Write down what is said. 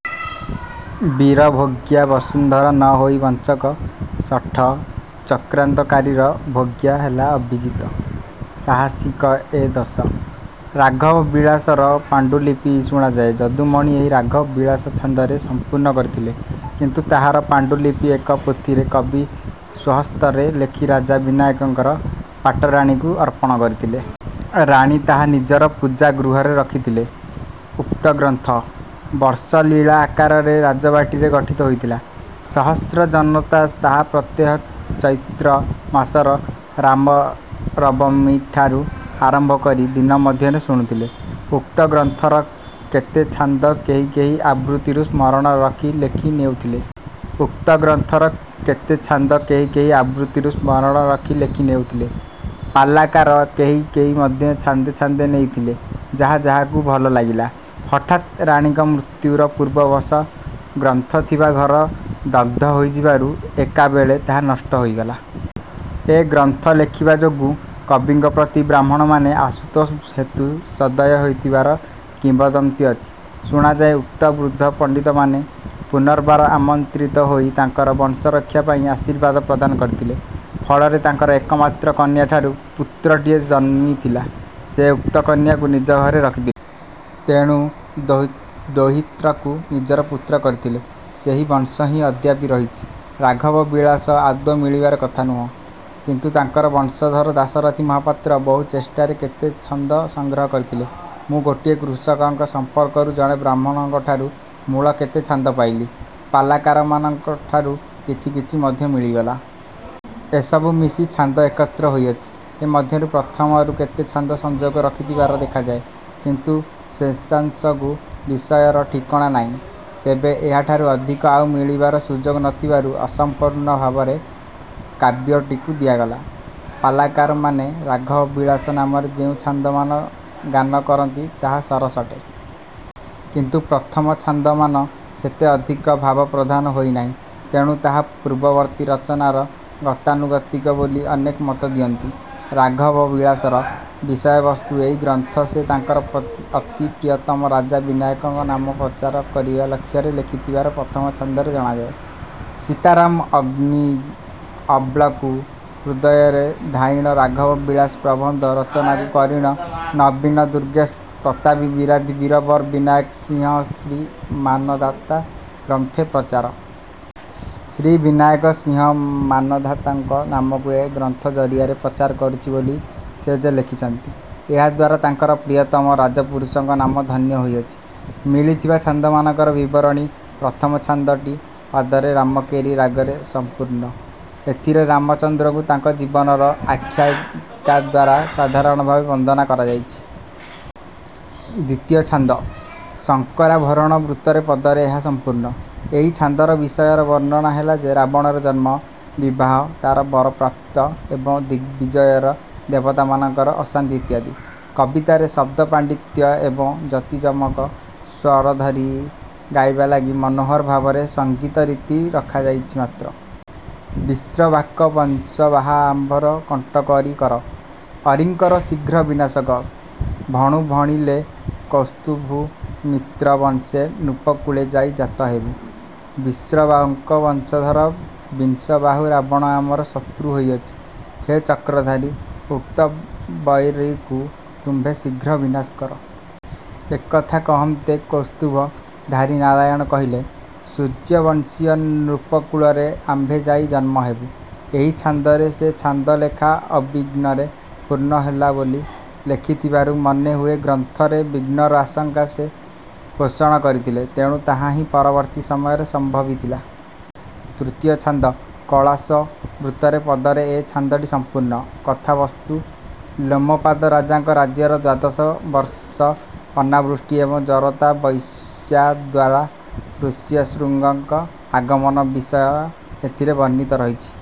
ବୀରଭୋଗ୍ୟା ବସୁନ୍ଧରା ନ ହୋଇ ବଞ୍ଚକ, ଶଠ, ଚକ୍ରାନ୍ତକାରୀର ଭୋଗ୍ୟା ହେଲା ଅବିଜିତ, ସାହସିକ ଏ ଦେଶ। ରାଘବ ବିଳାସର ପାଣ୍ଡୁଲିପି ଶୁଣାଯାଏ ଯଦୁମଣି ଏହି ରାଘବ ବିଳାସ ଛାନ୍ଦରେ ସମ୍ପୂର୍ଣ୍ଣ କରିଥିଲେ। କିନ୍ତୁ ତାହାର ପାଣ୍ଡୁଲିପି ଏକ ପୋଥିରେ କବି ସ୍ୱହସ୍ତରେ ଲେଖି ରାଜା ବିନାୟକଙ୍କର ପାଟରାଣୀଙ୍କୁ ଅର୍ପଣ କରିଥିଲେ। ରାଣୀ ତାହା ନିଜର ପୂଜା ଗୃହରେ ରଖିଥିଲେ। ଉକ୍ତ ଗ୍ରନ୍ଥ। ବର୍ଷ ଲୀଳା ଆକାରରେ ରାଜବାଟୀରେ ଗଠିତ ହୋଇଥିଲା। ସହସ୍ର ଜନତା ତାହା ପ୍ରତ୍ୟହ ଚୈତ୍ର ମାସର ରାମନବମୀଠାରୁ ଆରମ୍ଭ କରି ଦିନମଧ୍ୟରେ ଶୁଣୁଥିଲେ। ଉକ୍ତ ଗ୍ରନ୍ଥର କେତେ ଛାନ୍ଦ କେହି କେହି ଆବୃତ୍ତିରୁ ସ୍ମରଣ ରଖି ଲେଖି ନେଉଥିଲେ। ଉକ୍ତ ଗ୍ରନ୍ଥର କେତେ ଛାନ୍ଦ କେହି କେହି ଆବୃତ୍ତିରୁ ସ୍ମରଣ ରଖି ଲେଖି ନେଉଥିଲେ। ପାଲାକାର କେହି କେହି ମଧ୍ୟ ଛାନ୍ଦେ ଛାନ୍ଦେ ନେଇଥିଲେ- ଯାହା ଯାହାକୁ ଭଲ ଲାଗିଲା। ହଠାତ୍ ରାଣୀଙ୍କ ମୃତ୍ୟୁର ପୂର୍ବ ବର୍ଷ ଗ୍ରନ୍ଥ ଥିବା ଘର ଦଗ୍ଧ ହୋଇଯିବାରୁ ଏକାବେଳେ ତାହା ନଷ୍ଟ ହୋଇଗଲା। ଏ ଗ୍ରନ୍ଥ ଲେଖିବା ଯୋଗୁଁ କବିଙ୍କ ପ୍ରତି ବ୍ରାହ୍ମଣମାନେ ଆଶୁତୋଷ ହେତୁ ସଦୟ ହୋଇଥିବାର କିମ୍ବଦନ୍ତୀ ଅଛି। ଶୁଣାଯାଏ ଉକ୍ତ ବୃଦ୍ଧ ପଣ୍ଡିତମାନେ ପୁନର୍ବାର ଆମନ୍ତ୍ରିତ ହୋଇ ତାଙ୍କର ବଂଶରକ୍ଷା ପାଇଁ ଆଶୀର୍ବାଦ ପ୍ରଦାନ କରିଥିଲେ। ଫଳରେ ତାଙ୍କର ଏକମାତ୍ର କନ୍ୟାଠାରୁ ପୁତ୍ରଟିଏ ଜନ୍ମିଥିଲା। ସେ ଉକ୍ତ କନ୍ୟାକୁ ନିଜ ଘରେ ରଖିଥିଲେ। ତେଣୁ ଦୌହିତ୍ରକୁ ନିଜର ପୁତ୍ର କରିଥିଲେ। ସେହି ବଂଶ ହିଁ ଅଦ୍ୟାପି ରହିଛି। ରାଘବ ବିଳାସ ଆଦୌ ମିଳିବାର କଥା ନୁହେଁ। କିନ୍ତୁ ତାଙ୍କର ବଂଶଧର ଦାଶରଥି ମହାପାତ୍ର ବହୁ ଚେଷ୍ଟାରେ କେତେ ଛନ୍ଦ ସଂଗ୍ରହ କରିଥିଲେ। ମୁଁ ଗୋଟିଏ କୃଷକଙ୍କ ସଂପର୍କରୁ ଜଣେ ବ୍ରାହ୍ମଣଙ୍କଠାରୁ ମୂଳ କେତେ ଛାନ୍ଦ ପାଇଲି, ପାଲାକାରମାନଙ୍କଠାରୁ କିଛି କିଛି ମଧ୍ୟ ମିଳିଗଲା-। ଏସବୁ ମିଶି ଛାନ୍ଦ ଏକତ୍ର ହୋଇଅଛି। ଏ ମଧ୍ୟରୁ ପ୍ରଥମରୁ କେତେ ଛାନ୍ଦ ସଂଯୋଗ ରଖିଥିବାର ଦେଖାଯାଏ। କିନ୍ତୁ ଶେଷାଂଶକୁ ବିଷୟର ଠିକଣା ନାହିଁ। ତେବେ ଏହାଠାରୁ ଅଧିକ ଆଉ ମିଳିବାର ସୁଯୋଗ ନ ଥିବାରୁ ଅସଂପୂର୍ଣ୍ଣ ଭାବରେ କାବ୍ୟଟିକୁ ଦିଆଗଲା। ପାଲାକାରମାନେ ରାଘବ ବିଳାସ ନାମରେ ଯେଉଁ ଛାନ୍ଦମାନ ଗାନ କରନ୍ତି ତାହା ସରସ ଅଟେ। କିନ୍ତୁ ପ୍ରଥମ ଛାନ୍ଦମାନ ସେତେ ଅଧିକ ଭାବପ୍ରଧାନ ହୋଇ ନାହିଁ। ତେଣୁ ତାହା ପୂର୍ବବର୍ତ୍ତୀ ରଚନାର ଗତାନୁଗତିକ ବୋଲି ଅନେକେ ମତଦିଅନ୍ତି। ରାଘବ ବିଳାସର ବିଷୟବସ୍ତୁ ଏହି ଗ୍ରନ୍ଥ ସେ ତାଙ୍କର ଅତି ପ୍ରିୟତମ ରାଜା ବିନାୟକଙ୍କ ନାମ ପ୍ରଚାର କରିବା ଲକ୍ଷ୍ୟରେ ଲେଖିଥିବାର ପ୍ରଥମ ଛାନ୍ଦରେ ଜଣାଯାଏ- ସୀତା ରାମ ଅଂଘ୍ରି, ଅବ୍ଳକୁ ହୃଦୟରେ ଧ୍ୟାୟିଣ ରାଘବ ବିଳାସ ପ୍ରବନ୍ଧ ରଚନାକୁ କରିଣ ନବୀନ ଦୁର୍ଗେଶ ପ୍ରତାପୀ ବିରାଧି ବୀରବର ବିନାୟକ ସିଂହ ଶ୍ରୀ ମାନଧାତା ଗ୍ରନ୍ଥେ ପ୍ରଚାର। ଶ୍ରୀ ବିନାୟକ ସିଂହ ମାନଧାତାଙ୍କ ନାମକୁ ଏ ଗ୍ରନ୍ଥ ଜରିଆରେ ପ୍ରଚାର କରୁଛି ବୋଲି ସେ ଯେ ଲେଖିଛନ୍ତି, ଏହାଦ୍ୱାରା ତାଙ୍କର ପ୍ରିୟତମ ରାଜପୁରୁଷଙ୍କ ନାମ ଧନ୍ୟ ହୋଇଅଛି। ମିଳିଥିବା ଛାନ୍ଦମାନଙ୍କର ବିବରଣୀ- ପ୍ରଥମ ଛାନ୍ଦ- ଟି ପଦରେ ରାମକେରି ରାଗରେ ସମ୍ପୂର୍ଣ୍ଣ। ଏଥିରେ ରାମଚନ୍ଦ୍ରଙ୍କୁ ତାଙ୍କ ଜୀବନର ଆଖ୍ୟାୟିକାଦ୍ୱାରା ସାଧାରଣଭାବେ ବନ୍ଦନା କରାଯାଇଛି। ଦ୍ୱିତୀୟ ଛାନ୍ଦ- ଶଙ୍କରାଭରଣ ବୃତ୍ତରେ ପଦରେ ଏହା ସମ୍ପୂର୍ଣ୍ଣ। ଏହି ଛାନ୍ଦର ବିଷୟର ବର୍ଣ୍ଣନା ହେଲା ଯେ ରାବଣର ଜନ୍ମ, ବିବାହ, ତାର ବରପ୍ରାପ୍ତ ଏବଂ ଦିଗବିଜୟରେ ଦେବତାମାନଙ୍କର ଅଶାନ୍ତି ଇତ୍ୟାଦି। କବିତାରେ ଶବ୍ଦପାଣ୍ଡିତ୍ୟ ଏବଂ ଯତି ଯମକ, ସ୍ୱରଧରି ଗାଇବା ଲାଗି ମନୋହର ଭାବରେ ସଂଗୀତରୀତି ରଖାଯାଇଛି ମାତ୍ର। ବିଶ୍ରବାକ ବଂଶ ବାହା ଆମ୍ଭରେ କଣ୍ଟକ ଅରି କର! ଅରିଙ୍କର ଶ୍ରୀଘ୍ର ବିନାଶକ, ଭଣୁ ଭଣିଲେ କୌସ୍ତ୍ୱଭୂ ମିତ୍ର ବଂଶେ ନୃପକୁଳେ ଯାଇ ଜାତ ହେବୁ। ବିଶ୍ରବାଙ୍କ ବଂଶଧର ବିଂଶବାହୁ ରାବଣ ଆମର ଶତ୍ରୁ ହୋଇଅଛି। ହେ ଚକ୍ରଧାରୀ! ଉକ୍ତ ବୈରୀକୁ ତୁମ୍ଭେ ଶୀଘ୍ର ବିନାଶ କର। ଏ କଥା କହନ୍ତେ କୌସ୍ତୁଭ−ଧାରୀ ନାରାୟଣ କହିଲେ, ସୂର୍ୟ୍ୟବଂଶୀୟ ନୃପକୁଳରେ ଆମ୍ଭେ ଯାଇ ଜନ୍ମ ହେବୁ। ଏହି ଛାନ୍ଦରେ ସେ ଛାନ୍ଦଲେଖା ଅବିଘ୍ନରେ ପୂର୍ଣ୍ଣ ହେଲା ବୋଲି ଲେଖିଥିବାରୁ ମନେ ହୁଏ ଗ୍ରନ୍ଥରେ ବିଘ୍ନର ଆଶଙ୍କା ସେ ପୋଷଣ କରିଥିଲେ। ତେଣୁ ତାହା ହିଁ ପରବର୍ତ୍ତୀ ସମୟରେ ସମ୍ଭବିଥିଲା। ତୃତୀୟ ଛାନ୍ଦ-କଳସା ବୃତ୍ତରେ ପଦରେ ଏ ଛାନ୍ଦଟି ସଂପୂର୍ଣ୍ଣ। କଥାବସ୍ତୁ-ଲୋମପାଦ ରାଜାଙ୍କ ରାଜ୍ୟର ଦ୍ୱାଦଶ ବର୍ଷ ଅନାବୃଷ୍ଟି ଏବଂ ଜରତା ବେଶ୍ୟାଦ୍ୱାରା ଋଷ୍ୟଶୃଙ୍ଗଙ୍କ ଆଗମନ ବିଷୟ ଏଥିରେ ବର୍ଣ୍ଣିତ ରହିଛି।